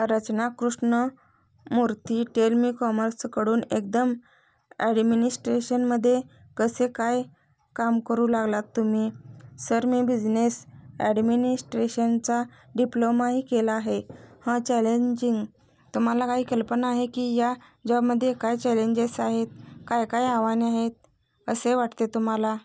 रचना Krishnamurthy tell me, कॉमर्सकडून एकदम अॅडमिनिस्ट्रेशनमध्ये कसे काय काम करू लागलात तुम्ही? "सर, मी बिझिनेस ॲडमिनिस्ट्रेशनचा डिप्लोमाही केला आहे." "हं चॅलेंजिंग, तुम्हाला काही कल्पना आहे, की या जॉबमध्ये काय चॅलेंजेस आहेत? " काय काय आव्हाने आहेत असे वाटते तुम्हाला?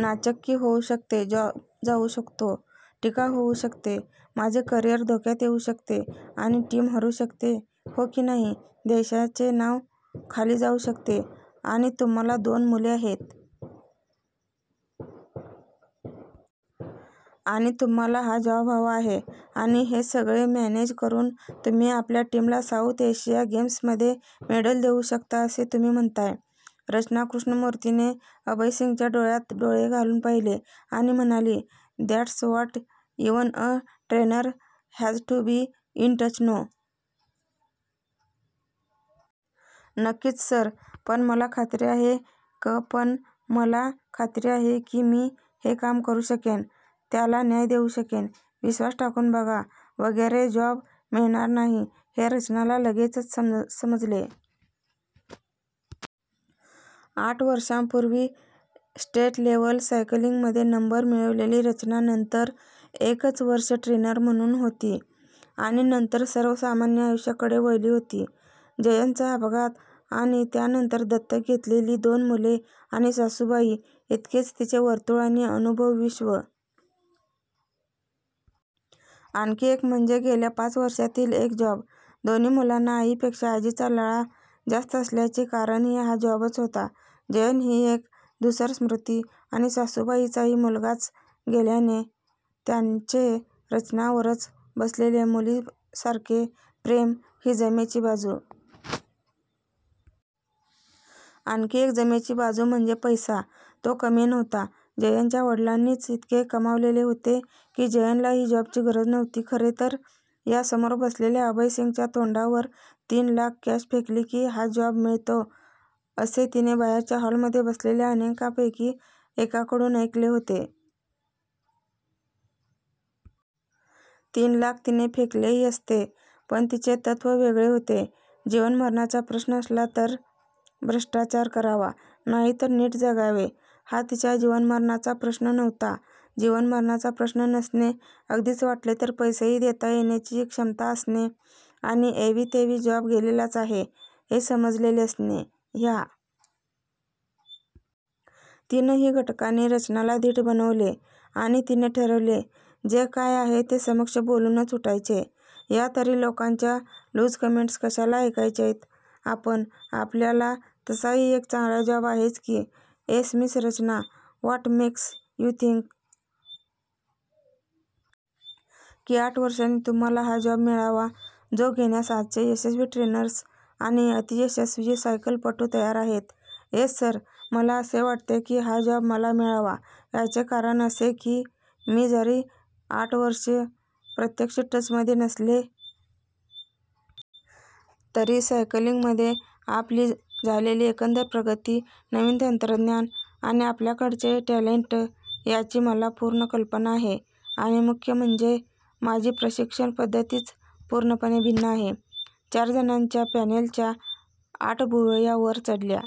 "नाचक्की होऊ शकते. जॉब जाऊ शकतो. " "टीका होऊ शकते. माझे करीअर धोक्यात येऊ शकते. " आणि टीम हरू शकते. हो की नाही? देशाचे नांव खाली जाऊ शकते आणि तुम्हाला दोन मुले आहेत. आणि तुम्हाला हा जॉब हवा आहे. आणि हे सगळे मॅनेज करून तुम्ही आपल्या टीमला साऊथ एशिया गेम्समध्ये मेडल देऊ शकता असे तुम्ही म्हणताय. " रचना कृष्णमूर्थीने अभय सिंगच्या डोळ्यात डोळे घालून पाहिले आणि म्हणाली,"दॅट्स what even a trainer has to be in touch no? "नक्कीच सर, पण मला खात्री आहे क " "पण मला खात्री आहे. की मी हे काम करू शकेन त्याला न्याय देऊ शकेन, विश्वास टाकून बघा, वगैरे" जॉब मिळणार नाही हे रचनाला लगेचच समजले. आठ वर्षापूर्वी स्टेट लेव्हल सायकलिंगमध्ये नंबर मिळवलेली रचना नंतर एकच वर्ष ट्रेनर म्हणून होती आणि नंतर सर्वसामान्य आयुष्याकडे वळली होती. जयनचा अपघात आणि त्यानंतर दत्तक घेतलेली दोन मुले आणि सासूबाई. इतकेच तिचे वर्तुळ आणि अनुभवविश्व. आणखी एक म्हणजे गेल्या पाच वर्षातील एक जॉब. दोन्ही मुलांना आईपेक्षा आजीचा लळा जास्त असल्याचे कारणही हा जॉबच होता. जयन ही एक धूसर स्मृती आणी सासूबाईंचाही मुलगाच गेल्याने त्यांचे रचनावरच बसलेले मुलीसारखे प्रेम ही जमेची बाजू. आणखी एक जमेची बाजू म्हणजे पैसा. तो कमी नव्हता. जयनच्या वडिलांनीच इतके कमावलेले होते की जयनलाही जॉबची गरज नव्हती खरे तर. या समोर बसलेल्या अभय सिंगच्या तोंडावर तीन लाख कॅश फेकली की हा जॉब मिळतो असे तिने बाहेरच्या हॉलमध्ये बसलेल्या अनेकांपैकी एकाकडून ऐकले होते. तीन लाख तिने फेकलेही असते. पण तिचे तत्व वेगळे होते. जीवन मरणाचा प्रश्न असला तर भ्रष्टाचार करावा. नाहीतर नीट जगावे. हा तिच्या जीवनमरणाचा प्रश्न नव्हता. जीवन मरणाचा प्रश्न नसणे, अगदीच वाटले तर पैसेही देता येण्याची क्षमता असणे आणि एवीतेवी जॉब गेलेलाच आहे हे समजलेले असणे.या तीनही घटकांनी रचनाला धीट बनवले आणि तिने ठरवले. जे काय आहे ते समक्ष बोलूनच उठायचे. या तरी लोकांच्या लूज कमेंट्स कशाला ऐकायच्यायत आपण? आपल्याला तसाही एक चांगला जॉब आहेच की? "Yes Miss Rachana, what makes you think? की आठ वर्षांनी तुम्हाला हा जॉब मिळावा. जो घेण्यास आजचे यशस्वी ट्रेनर्स आणि अतियशस्वी सायकलपटू तयार आहेत? " "येस सर, मला असे वाटते की हा जॉब मला मिळावा. याचे कारण असे.. की मी जरी आठ वर्षे प्रत्यक्ष टचमध्ये नसले. तरी सायकलिंगमद्ये आपली झालेली एकंदर प्रगती, नवीन तंत्रज्ञाने आणि आपल्याकडचे टॅलेंट याची मला पूर्ण कल्पना आहे. आणि मुख्य म्हणजे. माझी प्रशिक्षण पद्धतीच पूर्णपणे भिन्न आहे. " चारजणांच्या पॅनेलच्या आठ भुवया वर चढल्या.